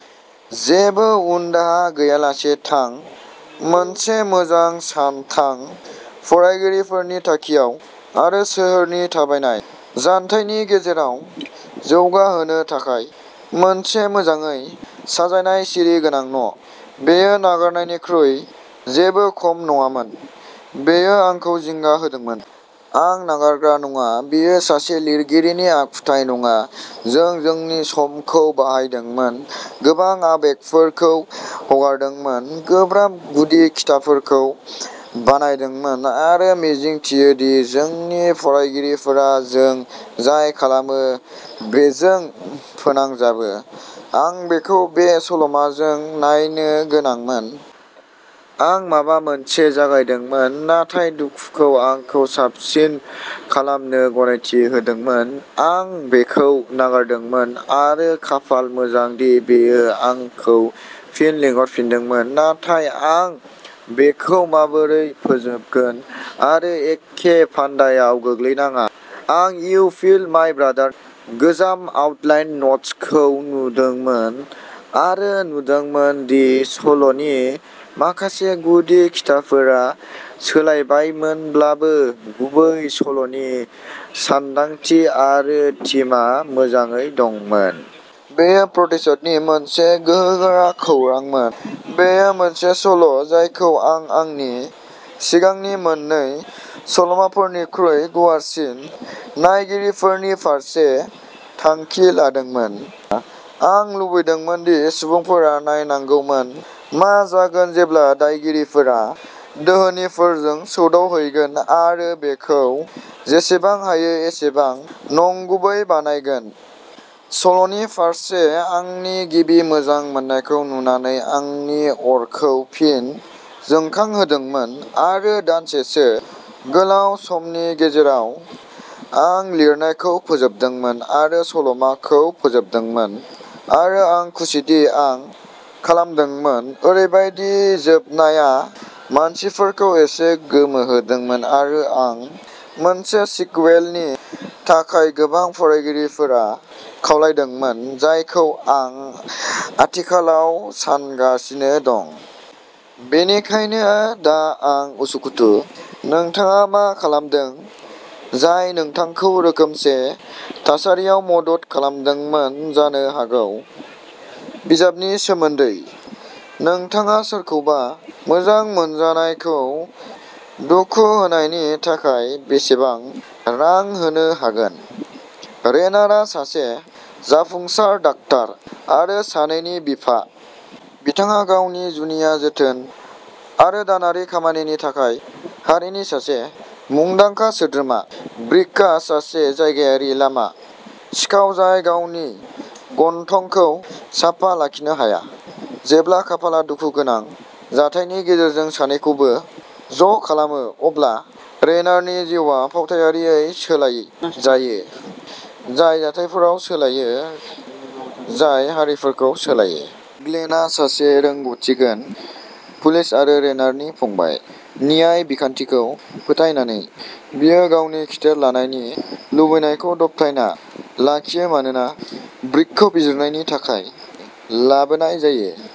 जेबो उनदाहा गैयालासे थां। मोनसे मोजां सान थां। फरायगिरिफोरनि थाखियाव आरो सोहोरनि थाबायनाय जानथायनि गेजेराव जौगा होनो थाखाय मोनसे मोजाङै साजायनाय सिरि गोनां न'। बेयो नागारनायनिख्रुइ जेबो खम नङामोन। बेयो आंखौ जिंगा होदोंमोन। आं नागारग्रा नङा। बेयो सासे लिरगिरिनि आखुथाइ नङा। जों जोंनि समखौ बाहायदोंमोन, गोबां आबेगफोरखौ हगारदोंमोन, गोब्राब गुदि खिथाफोरखौ बानायदोंमोन आरो मिजिंथियोदि जोंनि फरायगिरिफोरा जों जाय खालामो बेजों फोनांजाबो। आं बेखौ बे सल'माजों नायनो गोनांमोन। आं माबा मोनसे जागायदोंमोन, नाथाय दुखुखौ आंखौ साबसिन खालामनो गनायथि होदोंमोन। आं बेखौ नागारदोंमोन आरो खाफाल मोजांदि बेयो आंखौ फिन लिंहरफिनदोंमोन। नाथाय आं बेखौ माबोरै फोजोबगोन आरो एखे फान्दायाव गोग्लैनाङा? आं इउ किल्ड माय ब्रादारनि गोजाम आउटलाइन न'ट्सखौ नुदोंमोन आरो नुदोंमोन दि सल'नि माखासे गुदि खिथाफोरा सोलायबायमोनब्लाबो, गुबै सल'नि सानदांथि आरो थीमआ मोजाङै दंमोन। बेयो प्रतिशोधनि मोनसे गोहोगोरा खौरांमोन। बेयो मोनसे सल'जायखौ आं आंनि सिगांनि मोन्नै सल'माफोरनिख्रुइ गुवारसिन नायगिरिफोरनि फारसे थांखि लादोंमोन। आं लुबैदोंमोन दि सुबुंफोरा नायनांगौमोन। मा जागोन जेब्ला दायगिरिफोरा दोहोनिफोरजों सौदावहैगोन आरो बेखौ जेसेबां हायो एसेबां नंगुबै बानायगोन। सल'नि फारसे आंनि गिबि मोजां मोननायखौ नुनानै आंनि अरखौ फिन जोंखांहोदोंमोन, आरो दानसेसो गोलाव समनि गेजेराव, आं लिरनायखौ फोजोबदोंमोन आरो सल'माखौ फोजोबदोंमोन। आरो आं खुसिदि आं खालामदोंमोन। ओरैबायदि जोबनाया मानसिफोरखौ एसे गोमोहोदोंमोन आरो आं मोनसे सिक्वेलनि थाखाय गोबां फरायगिरिफोर खावलायदोंमोन, जायखौ आं आथिखालाव सानगासिनो दं। बेनिखायनो दा आं उसुखुथु, नोंथाङा मा खालामदों जाय नोंथांखौ रोखोमसे थासारियाव मदद खालामदोंमोन जानो हागौ? बिजाबनि सोमोन्दैः नोंथाङा सोरखौबा मोजां मोनजानायखौ दुखु होनायनि थाखाय बेसेबां रां होनो हागोन? रेनारआ सासे जाफुंसार डाक्ट'र आरो सानैनि बिफा। बिथाङा गावनि जुनिया जोथोन आरो दानारि खामानिनि थाखाय हारिनि सासे मुंदांखा सोद्रोमा। ब्रिकआ सासे जायगायारि लामा सिखाव जाय गावनि गन्थंखौ साफा लाखिनो हाया। जेब्ला खाफालआ दुखुगोनां जाथायनि गेजेरजों सानैखौबो ज'खालामो, अब्ला रेइनारनि जिउआ फावथायारियै सोलायो जायो, जाय जाथायफोराव सोलायो जाय हारिफोरखौ सोलायो। ग्लेनआ सासे रोंग'थिगोनां पुलिस आरो रेइनारनि फंबाय। न्याय बिखान्थिखौ फोथायनानै, बियो गावनि खिथेर लानायनि लुबैनायखौ दबथायना लाखियो मानोना ब्रिकखौ बिजिरनायनि थाखाय लाबोनाय जायो।